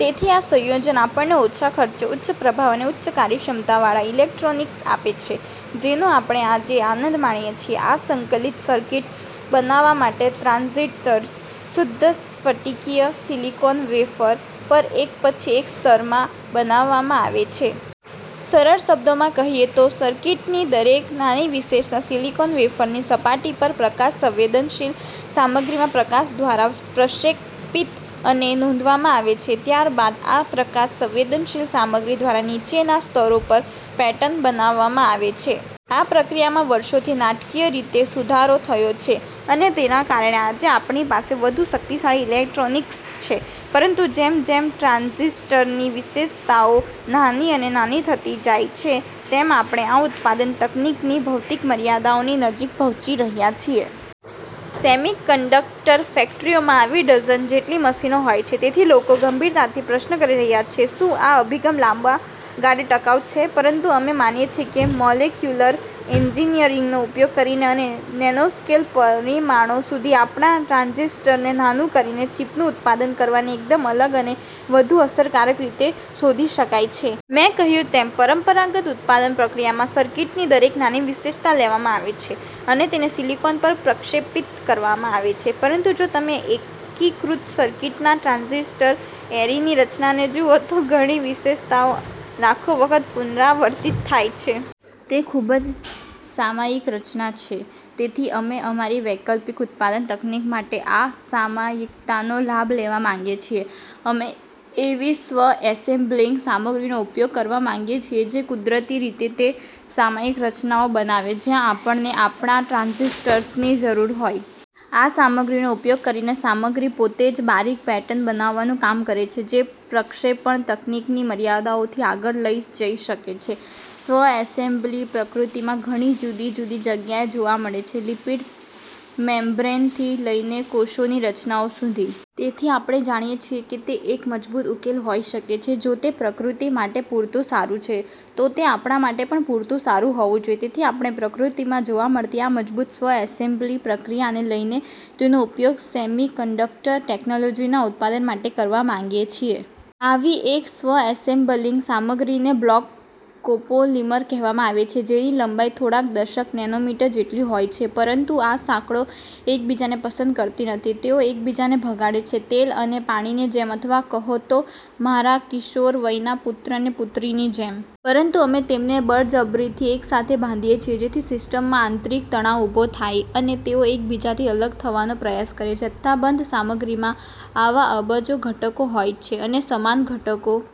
તેથી આ સંયોજન આપણને ઓછા ખર્ચે, ઉચ્ચ પ્રભાવ અને ઉચ્ચ કાર્યક્ષમતાવાળા ઇલેક્ટ્રોનિક્સ આપે છે, જેનો આપણે આજે આનંદ માણીએ છીએ. આ સંકલિત સર્કિટ્સ બનાવવા માટે, ટ્રાન્ઝિસ્ટર્સ શુદ્ધ સ્ફટિકીય સિલિકોન વેફર પર એક પછી એક સ્તરમાં બનાવવામાં આવે છે. સરળ શબ્દોમાં કહીએ તો, સર્કિટની દરેક નાની વિશેષતા સિલિકોન વેફરની સપાટી પર પ્રકાશ-સંવેદનશીલ સામગ્રીમાં પ્રકાશ દ્વારા પ્રક્ષેપિત અને નોંધવામાં આવે છે. ત્યારબાદ આ પ્રકાશ-સંવેદનશીલ સામગ્રી દ્વારા નીચેના સ્તરો પર પેટર્ન બનાવવામાં આવે છે. આ પ્રક્રિયામાં વર્ષોથી નાટકીય રીતે સુધારો થયો છે અને તેના કારણે આજે આપણી પાસે વધુ શક્તિશાળી ઇલેક્ટ્રોનિક્સ છે. પરંતુ જેમ જેમ ટ્રાન્ઝિસ્ટરની વિશેષતાઓ નાની અને નાની થતી જાય છે, તેમ આપણે આ ઉત્પાદન તકનીકની ભૌતિક મર્યાદાઓની નજીક પહોંચી રહ્યા છીએ. સેમિકન્ડક્ટર ફેક્ટરીઓમાં આવી ડઝન જેટલી મશીનો હોય છે. તેથી લોકો ગંભીરતાથી પ્રશ્ન કરી રહ્યા છે: શું આ અભિગમ લાંબા ગાળે ટકાઉ છે? પરંતુ અમે માનીએ છીએ કે મોલેક્યુલર એન્જિનિયરિંગનો ઉપયોગ કરીને અને નેનોસ્કેલ પરિમાણો સુધી આપણા ટ્રાન્ઝિસ્ટર્સને નાનું કરીને ચિપનું ઉત્પાદન કરવાની એકદમ અલગ અને વધુ અસરકારક રીત શોધી શકાય છે. મેં કહ્યું તેમ, પરંપરાગત ઉત્પાદન પ્રક્રિયામાં સર્કિટની દરેક નાની વિશેષતા લેવામાં આવે છે અને તેને સિલિકોન પર પ્રક્ષેપિત કરવામાં આવે છે. પરંતુ જો તમે એકીકૃત સર્કિટના ટ્રાન્ઝિસ્ટર એરેની રચનાને જુઓ, તો ઘણી વિશેષતાઓ લાખો વખત પુનરાવર્તિત થાય છે. તે ખૂબ જ સામયિક રચના છે. તેથી અમે અમારી વૈકલ્પિક ઉત્પાદન તકનીક માટે આ સામયિકતાનો લાભ લેવા માંગીએ છીએ. અમે એવી સ્વ-એસેમ્બલિંગ સામગ્રીનો ઉપયોગ કરવા માંગીએ છીએ, જે કુદરતી રીતે તે સામયિક રચનાઓ બનાવે, જ્યાં આપણને આપણા ટ્રાન્ઝિસ્ટર્સની જરૂર હોય. આ સામગ્રીનો ઉપયોગ કરીને, સામગ્રી પોતે જ બારીક પેટર્ન બનાવવાનું કામ કરે છે, જે પ્રક્ષેપણ તકનીકની મર્યાદાઓથી આગળ લઈ જઈ શકે છે. સ્વ-એસેમ્બલી પ્રકૃતિમાં ઘણી જુદી જુદી જગ્યાએ જોવા મળે છે, લિપિડ મેમ્બ્રેનથી લઈને કોષોની રચનાઓ સુધી. તેથી આપણે જાણીએ છીએ કે તે એક મજબૂત ઉકેલ હોઈ શકે છે. જો તે પ્રકૃતિ માટે પૂરતું સારું છે, તો તે આપણા માટે પણ પૂરતું સારું હોવું જોઈએ. તેથી આપણે પ્રકૃતિમાં જોવા મળતી આ મજબૂત સ્વ-એસેમ્બલી પ્રક્રિયાને લઈને તેનો ઉપયોગ સેમિકન્ડક્ટર ટેક્નોલોજીના ઉત્પાદન માટે કરવા માંગીએ છીએ. આવી એક સ્વ-એસેમ્બલિંગ સામગ્રીને બ્લોક કોપોલિમર કહેવામાં આવે છે, જેની લંબાઈ થોડાક દશક નેનોમીટર જેટલી હોય છે. પરંતુ આ સાંકળો એકબીજાને પસંદ કરતી નથી. તેઓ એકબીજાને ભગાડે છે, તેલ અને પાણીની જેમ અથવા, કહો તો, મારા કિશોરવયના પુત્ર અને પુત્રીની જેમ. પરંતુ અમે તેમને બળજબરીથી એકસાથે બાંધીએ છીએ, જેથી સિસ્ટમમાં આંતરિક તણાવ ઊભો થાય અને તેઓ એકબીજાથી અલગ થવાનો પ્રયાસ કરે. જથ્થાબંધ સામગ્રીમાં આવા અબજો ઘટકો હોય છે, અને સમાન ઘટકો...